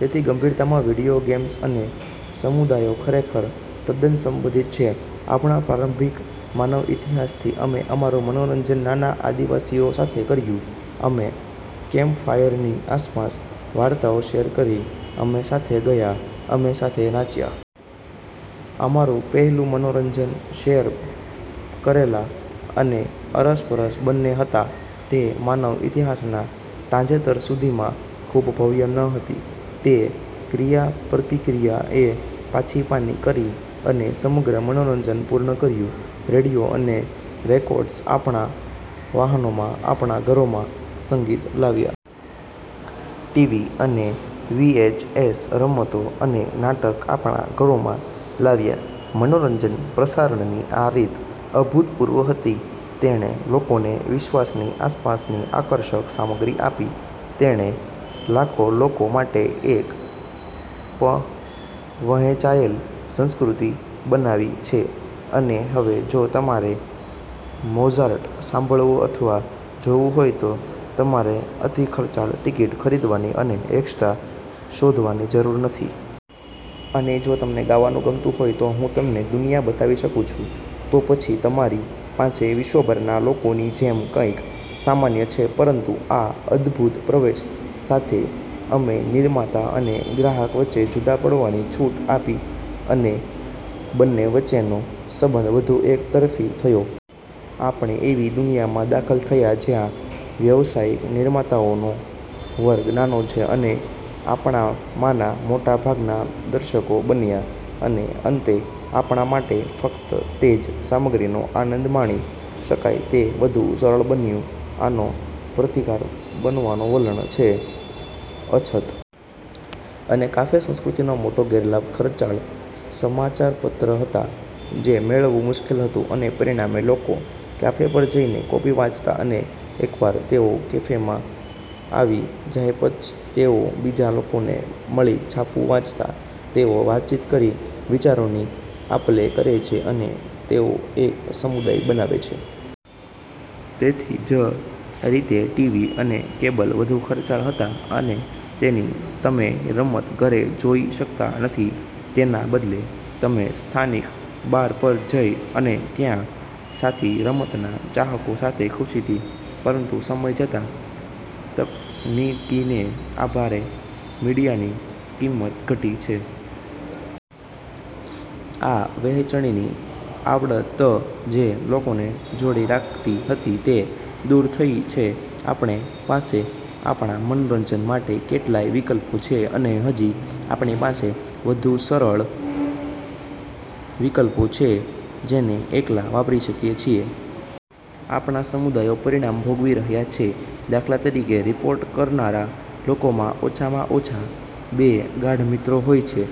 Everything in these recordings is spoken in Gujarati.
તેથી ગંભીરતામાં વિડિઓ ગેમ્સ અને સમુદાયો ખરેખર તદ્દન સંબંધિત છે. આપણા પ્રારંભિક માનવ ઇતિહાસથી અમે અમારું મનોરંજન નાના આદિવાસીઓ સાથે કર્યું. અમે કેમ્પફાયરની આસપાસ વાર્તાઓ શેર કરી, અમે સાથે ગાયાં, અમે સાથે નાચ્યાં. અમારું પહેલું મનોરંજન શેર કરેલા અને અરસપરસ બંને હતા. તે માનવ ઇતિહાસના તાજેતર સુધીમાં ખૂબ ભવ્ય ન હતી. તે ક્રિયાપ્રતિક્રિયા એ પાછીપાની કરી અને સમગ્ર મનોરંજન પૂર્ણ થયું. રેડિયો અને રેકોર્ડ્સ આપણા વાહનોમાં, આપણા ઘરોમાં સંગીત લાવ્યા. ટીવી અને વીએચએસ રમતો અને નાટક આપણા ઘરોમાં લાવ્યા. મનોરંજન પ્રસારણની આ રીત અભૂતપૂર્વ હતી. તેણે લોકોને વિશ્વની આસપાસની આકર્ષક સામગ્રી આપી. તેણે લાખો લોકો માટે એક વહેંચાયેલ સંસ્કૃતિ બનાવી છે. અને હવે, જો તમારે મોઝાર્ટ સાંભળવું અથવા જોવું હોય તો તમારે અતિખર્ચાળ ટિકિટ ખરીદવાની અને ઓર્કેસ્ટ્રા શોધવાની જરૂર નથી. અને જો તમને ગાવાનું ગમતું હોય તો હું તમને દુનિયા બતાવી શકું છું તો પછી તમારી પાસે વિશ્વભરના લોકોની જેમ કંઈક સામાન્ય છે. પરંતુ આ અદ્ભુત પ્રવેશ સાથે અમે નિર્માતા અને ગ્રાહક વચ્ચે જુદા પડવાની છૂટ આપી, અને બંને વચ્ચેનો સંબંધ વધુ એક તરફી થયો. આપણે એવી દુનિયામાં દાખલ થયાં જ્યાં વ્યાવસાયિક નિર્માતાઓનો વર્ગ નાનો છે. અને આપણામાંના મોટા ભાગના દર્શકો બન્યા અને અંતે આપણા માટે ફક્ત તે જ સામગ્રીનો આનંદ માણી શકાય તે વધુ સરળ બન્યું. આનો પ્રતિકાર કરવાનો વલણ છે: અછત. અને કાફે સંસ્કૃતિનો મોટો ગેરલાભ ખર્ચાળ સમાચારપત્ર હતા જે મેળવવું મુશ્કેલ હતું, અને પરિણામે, લોકો કાફે પર જઈ કોપી વાંચતા અને એકવાર તેઓ કેફેમાં આવી જાય, તેઓ બીજા લોકોને મળી છાપું વાંચતા. તેઓ વાતચીત કરી વિચારોની આપલે કરે છે અને તેઓ એક સમુદાય બનાવે છે. તેવી જ રીતે ટીવી અને કેબલ વધુ ખર્ચાળ હતા અને તેથી તમે રમત ઘરે જોઈ શકતા નથી. તેના બદલે તમે સ્થાનિક બાર પર જઈ અને ત્યાં સાથી રમતના ચાહકો સાથે ખુશીથી પરંતું સમય જતા તકનીકીને આભારે મીડિયાની કિંમત ઘટી છે. આ વહેંચવાની આવડત જે લોકોને જોડે રાખતી હતી તે દૂર થઈ છે. આપણી પાસે આપણા મનોરંજન માટે કેટલાય વિકલ્પો છે અને હજી આપણી પાસે વધુ સરળ વિકલ્પો છે જેને એકલા વાપરી શકીએ છે. આપણા સમુદાયો પરિણામ ભોગવી રહ્યા છે. દાખલા તરીકે, રિપોર્ટ કરનારા લોકોમા ઓછામાં ઓછા બે ગાઢ મિત્રો હોય છે.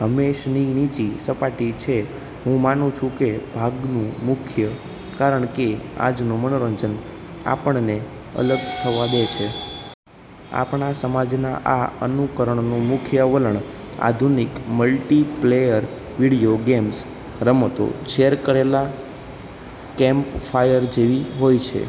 હંમેશની નીચી સપાટીએ છે. હું માનું છું કે ભાગનું મુખ્ય કારણ કે આજનુ મનોરંજન આપણને અલગ થવા દે છે. આપણા સમાજના આ અનુકરણનું મુખ્ય વલણ: આધુનિક મલ્ટિપ્લેયર વિડિઓ ગેમ્સ. રમતો શેર કરેલા કેમ્પફાયર જેવી હોય છે.